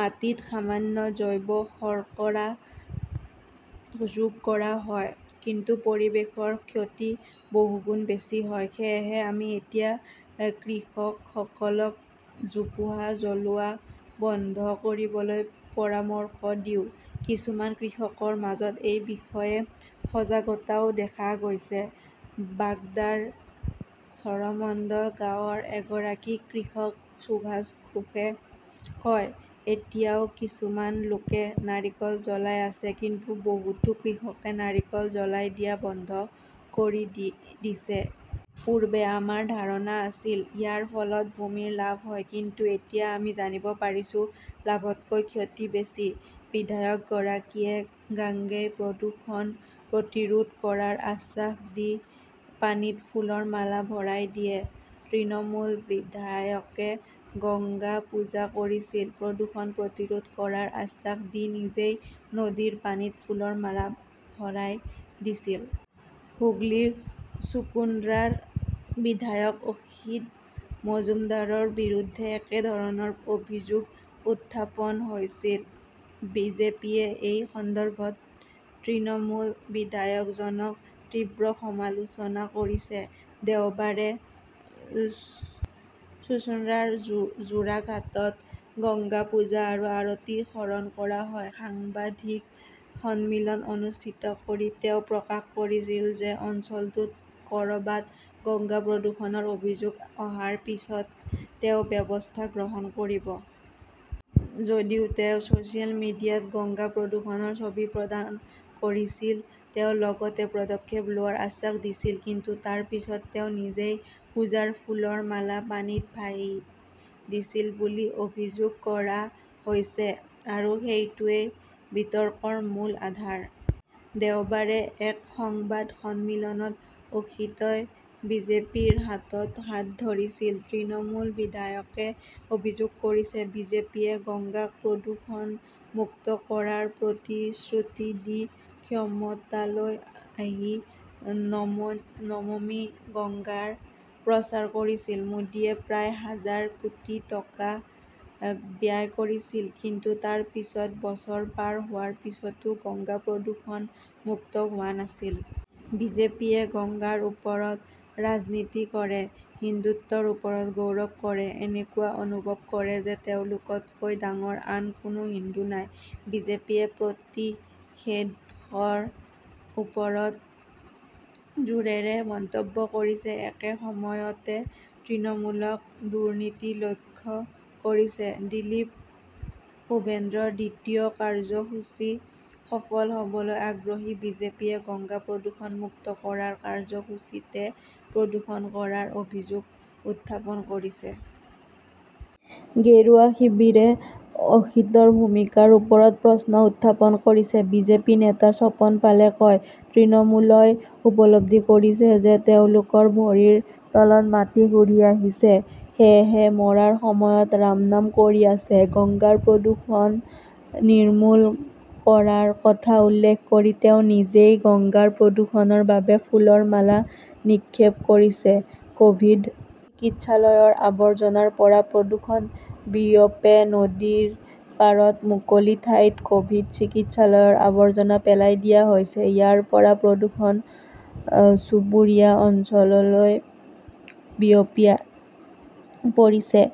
মাটিত সামান্য জৈৱ-শৰ্কৰা যোগ কৰা হয়, কিন্তু পৰিৱেশৰ ক্ষতি বহুগুণ বেছি হয়। সেয়েহে আমি এতিয়া কৃষকসকলক জোপোহা জ্বলোৱা বন্ধ কৰিবলৈ পৰামৰ্শ দিওঁ। কিছুমান কৃষকৰ মাজত এই বিষয়ে সজাগতাও দেখা গৈছে। বাগদাৰ চৰমণ্ডল গাঁৱৰ এগৰাকী কৃষক সুভাষ ঘোষে কয়, এতিয়াও কিছুমান লোকে নাৰিকল জ্বলাই আছে, কিন্তু বহুতো কৃষকে নাৰিকল জ্বলাই দিয়া বন্ধ কৰি দি দিছে। পূৰ্বে আমাৰ ধাৰণা আছিল, ইয়াৰ ফলত ভূমিৰ লাভ হয়। কিন্তু এতিয়া আমি জানিব পাৰিছো, লাভতকৈ ক্ষতি বেছি। বিধায়কগৰাকীয়ে গাঙ্গে প্ৰদূষণ প্ৰতিৰোধ কৰাৰ আশ্বাস দি পানীত ফুলৰ মালা ভৰাই দিয়ে তৃণমূল বিধায়কে গংগা পূজা কৰিছিল, প্ৰদূষণ প্ৰতিৰোধ কৰাৰ আশ্বাস দি নিজেই নদীৰ পানীত ফুলৰ মাৰা ভৰাই দিছিল। হুগলীৰ চুকুন্দ্ৰাৰ বিধায়ক অসিত মজূমদাৰৰ বিৰুদ্ধে একেধৰণৰ অভিযোগ উত্থাপন হৈছিল। বিজেপিয়ে এই সন্দৰ্ভত তৃণমূল বিধায়কজনক তীব্ৰ সমালোচনা কৰিছে। দেওবাৰে চুচুঞ্জাৰ জো জোড়াঘাটত গংগা পূজা আৰু আৰতি সৰণ কৰা হয়। সাংবাদিক সন্মিলন অনুষ্ঠিত কৰি তেওঁ প্ৰকাশ কৰিছিল যে অঞ্চলটোত কৰবাত গংগা প্ৰদূষণৰ অভিযোগ অহাৰ পিছত তেওঁ ব্যৱস্থা গ্ৰহণ কৰিব। যদিও তেওঁ ছচিয়েল মিডিয়াত গংগা প্ৰদূষণৰ ছবি প্ৰদান কৰিছিল, তেওঁ লগতে পদক্ষেপ লোৱাৰ আশ্বাস দিছিল। কিন্তু তাৰ পিছত তেওঁ নিজেই পূজাৰ ফুলৰ মালা পানীত ভাহি দিছিল বুলি অভিযোগ কৰা হৈছে। আৰু সেইটোৱেই বিতৰ্কৰ মূল আধাৰ। দেওবাৰে এক সংবাদ সন্মিলনত অসিতই বিজেপিৰ হাতত হাত ধৰিছিল। তৃণমূল বিধায়কে অভিযোগ কৰিছে, বিজেপিয়ে গংগাক প্ৰদূষণমুক্ত কৰাৰ প্ৰতিশ্ৰুতি দি ক্ষমতালৈ আহি নম 'নমমী গংগাৰ প্ৰচাৰ কৰিছিল। মোদীয়ে প্ৰায় হাজাৰ কোটি টকা ব্যায় কৰিছিল। কিন্তু তাৰ পিছত বছৰ পাৰ হোৱাৰ পিছতো গংগা প্ৰদূষণমুক্ত হোৱা নাছিল। বিজেপিয়ে গংগাৰ ওপৰত ৰাজনীতি কৰে, হিন্দুত্বৰ ওপৰত গৌৰৱ কৰে। এনেকুৱা অনুভৱ কৰে যে তেওঁলোকতকৈ ডাঙৰ আন কোনো হিন্দু নাই। বিজেপিয়ে প্ৰতিষেধকৰ ওপৰত জোৰেৰে মন্তব্য কৰিছে, একে সময়তে তৃণমূলক 'দুৰ্নীতি লক্ষ্য কৰিছেঃ দিলীপ-শুভেন্দ্ৰৰ দ্বিতীয় কাৰ্যসূচী সফল হবলৈ আগ্ৰহী বিজেপিয়ে গংগা প্ৰদূষণমুক্ত কৰাৰ কাৰ্যসূচীতে প্ৰদূষণ কৰাৰ অভিযোগ উত্থাপন কৰিছে? গেৰুৱা শিবিৰে অসিতৰ ভূমিকাৰ ওপৰত প্ৰশ্ন উত্থাপন কৰিছে। বিজেপি নেতা স্বপন পালে কয়, তৃণমূলই উপলব্ধি কৰিছে যে তেওঁলোকৰ ভৰিৰ তলত মাটি ঘূৰি আহিছে। সেয়েহে মৰাৰ সময়ত ৰামনাম কৰি আছে। গংগাৰ প্ৰদূষণ নিৰ্মূল কৰাৰ কথা উল্লেখ কৰি তেওঁ নিজেই গংগাৰ প্ৰদূষণৰ বাবে ফুলৰ মালা নিক্ষেপ কৰিছে। কভিড চিকিৎসালয়ৰ আৱৰ্জনাৰ পৰা প্ৰদূষণ বিয়পে নদীৰ পাৰত মুকলি ঠাইত কভিড চিকিৎসালয়ৰ আৱৰ্জনা পেলাই দিয়া হৈছে। ইয়াৰ পৰা প্ৰদূষণ চুবুৰীয়া অঞ্চললৈ বিয়পি পৰিছে।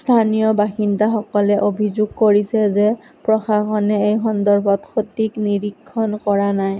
স্থানীয় বাসিন্দাসকলে অভিযোগ কৰিছে যে প্ৰশাসনে এই সন্দৰ্ভত সঠিক নিৰীক্ষণ কৰা নাই।